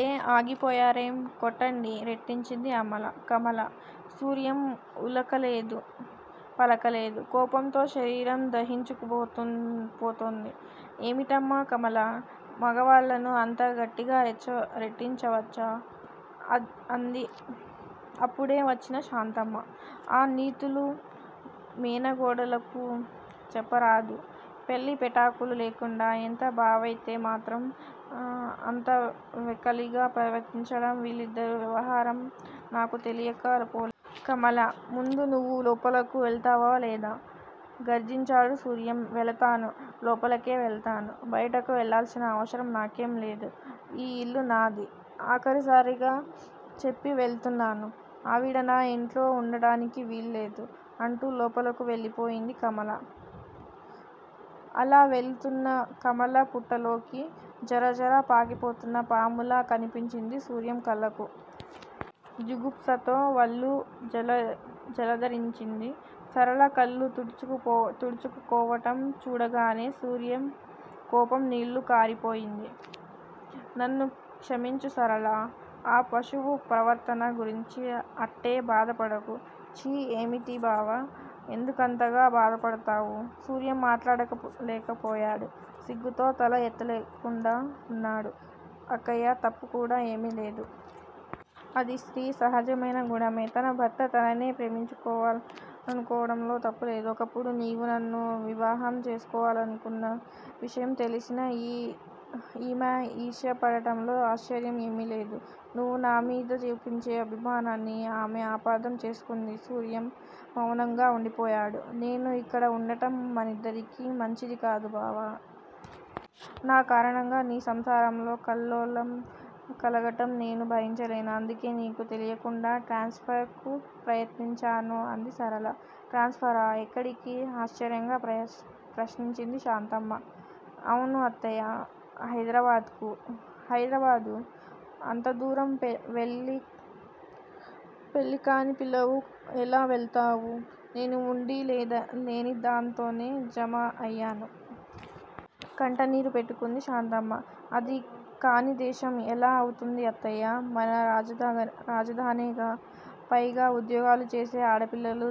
ఏం, ఆగిపోయారేం? కొట్టండి! రెట్టించిందిఅమల కమల. సూర్యం ఉలకలేదు పలకలేదు. కోపంతో శరీరం దహించుకుపోతోంది. ఏమిటమ్మా కమలా మొగవాళ్ళను అంత గట్టిగా రెట్టించవచ్చా? అంది అప్పుడే వచ్చిన శాంతమ్మ. ఆ నీతులు మేనగోడలకు చెప్పరాదూ? పెళ్ళి పెటాకులు లేకుండా- ఎంత బావైతేమాత్రం అంత వెకిలిగా ప్రవర్తించడం- వీళ్ళిద్దరి వ్యవహారం నాకు తెలియక. కమలా ముందు నువ్వు లోపలకు వెళతావా లేదా? గర్జించాడు సూర్యం. వెళతాను. లోపలకే వెళతాను. బయటకు వెళ్ళాల్సిన అవసరం నాకేంలేదు. ఈ ఇల్లు నాది. ఆఖరుసారిగా చెప్పి వెళుతున్నాను, ఆవిడ నా ఇంట్లో ఉండటానికి వీలులేదు అంటూ లోపలకు వెళ్ళిపోయింది కమల. అలా వెళుతున్న కమల పుట్టలోకి జరజరా పాకిపోతున్న పాములా కనిపించింది సూర్యం కళ్ళకు. జుగుప్సతో వళ్ళు జలదరించింది. సరళ కళ్ళు తుడుచుకోవటం చూడగానే సూర్యం కోపం నీళ్ళు కారిపోయింది. నన్ను క్షమించు సరళా! ఆ పశువు ప్రవర్తన గురించి అట్టే బాధపడకు. ఛీ! ఏమిటి బావా, ఎందుకంతగా బాధపడతావు? సూర్యం మాట్లాడలేకపోయాడు. సిగ్గుతో తల ఎత్తలేకుండా ఉన్నాడు. అక్కయ్య తప్పుకూడా ఏమీలేదు. అది స్త్రీ సహజమైన గుణమే! తన భర్త తననే ప్రేమించాలనుకోవడంలో తప్పులేదు. ఒకప్పుడు నీవు నన్ను వివాహం చేసుకోవాలనుకున్న విషయం తెలిసిన ఈమె ఈర్ష్యపడటంలో ఆశ్చర్యం ఏమీలేదు. నువ్వు నామీద చూపించే అభిమానాన్ని ఆమె అపార్ధం చేసుకుంది సూర్యం మౌనంగా ఉండిపోయాడు. నేను ఇక్కడ ఉండటం మనిద్దరికీ మంచిదికాదు బావా! నా కారణంగా నీ సంసారంలో కల్లోలం కలగటం నేను భరించలేను. అందుకే నీకు తెలియకుండా ట్రాన్స్ ఫర్ కు ప్రయత్నించాను అంది సరళ. ట్రాన్స్ ఫరా? ఎక్కడికి? ఆశ్చర్యంగా ప్రశ్నించింది శాంతమ్మ. అవును అత్తయ్య! హైదరాబాదుకు. హైదరాబాదు! అంతదూరం వెళ్లి పెళ్ళికాని పిల్లవు ఎలా వెళతావు? నేను ఉండీ లేనిదాంతోనే జమ అయ్యాను. కంట నీరు పెట్టుకుంది శాంతమ్మ. అది కానిదేశం ఎలా అవుతుంది అత్తయ్యా! మన రాజధానేగా? పైగా ఉద్యోగాలుచేసే ఆడపిల్లలు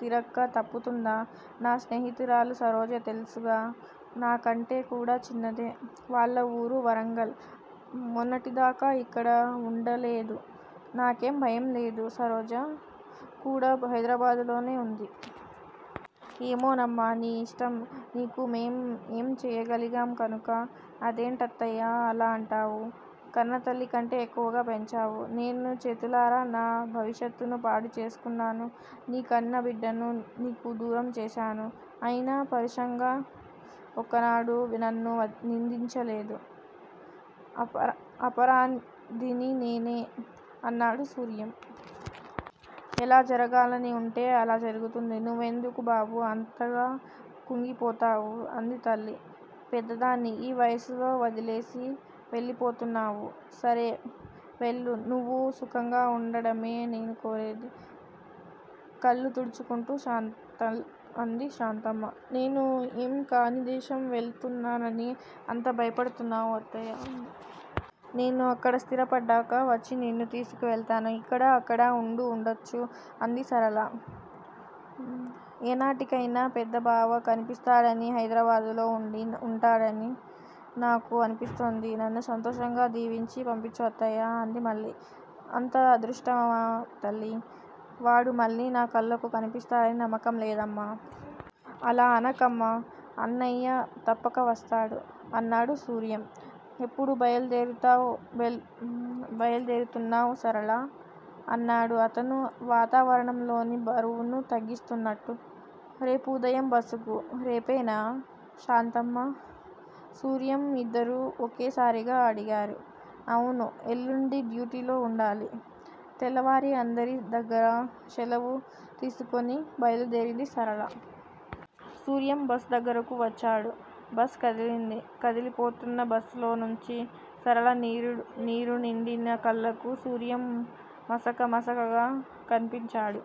తిరక్క తప్పుతుందా? నా స్నేహితురాలు సరోజ తెల్సుగా? నాకంటేకూడా చిన్నదే. వాళ్ళ ఊరు వరంగల్. మొన్నటిదాకా ఇక్కడ వుండలేదూ? నాకేం భయం లేదు. సరోజ కూడా హైదరాబాదులోనే ఉంది. ఏమోనమ్మా, నీ ఇష్టం! నీకు మేం ఏం చెయ్యగలిగాం కనుక? అదేంటత్తయ్యా అలా అంటావు? కన్నతల్లికంటే ఎక్కువగా పెంచావు. నేను చేతులారా నా భవిష్యత్తును పాడు చేసుకున్నాను. నీ కన్నబిడ్డను నీకు దూరం చేశాను. అయినా పరుషంగా ఒక్కనాడూ నన్ను నిందించలేదు. అపరాధిని నేనే! అన్నాడు సూర్యం. ఎలా జరగాలని ఉంటే అలా జరుగుతుంది. నువ్వెందుకు బాబూ అంతగా కుంగిపోతావు? అంది తల్లి. పెద్దదాన్ని, ఈ వయసులో వదిలేసి వెళ్ళిపోతున్నావు. సరే వెళ్ళు! నువ్వు సుఖంగా వుండడమే నేను కోరేది. కళ్ళు తుడుచుకుంటు శాంతమ్మ. నేను ఏం కానిదేశం వెళుతున్నానని అంత బాయాపడతావు అత్తయ్యా! నేను అక్కడ స్థిరపడ్డాక వచ్చి నిన్ను తీసుకెళతాను. ఇక్కడా అక్కడా ఉండువుండొచ్చు అంది సరళ. ఏనాటికైనా పెద్దబావ కన్పిస్తాడనీ, హైదరాబాదులో ఉండి ఉంటాడనీ నాకు అన్పిస్తోంది. నన్ను సంతోషంగా దీవించి పంపించు అత్తయ్యా! అంది మళ్ళీ. అంత అదృష్టమా తల్లీ! వాడు మళ్ళీ నా కళ్ళకు కన్పిస్తాడని నమ్మకం లేదమ్మా! అలా అనకమ్మా! అన్నయ్య తప్పక వస్తాడు! అన్నాడు సూర్యం. ఎప్పుడు భయల్దేరతవ్ బయల్దేర్బయలుదేరుతున్నావ్ సరళా? అన్నాడు అతను వాతావరణంలోని బరువును తగ్గిస్తున్నట్టు. రేపు ఉదయం బస్ కు. రేపేనా? శాంతమ్మా, సూర్యం ఇద్దరూ ఒకేసారిగా అడిగారు. అవును. ఎల్లుండి డ్యూటీలో ఉండాలి. తెల్లవారి అందరి దగ్గరా శెలవు తీసుకొని బయలుదేరింది సరళ. సూర్యం బస్ దగ్గరకు వచ్చాడు. బస్ కదిలింది. కదిలిపోతున్న బస్ లోనుంచి, సరళ నీరు నీరునిండిన కళ్ళకు సూర్యం మసక మసకగా కన్పించాడు.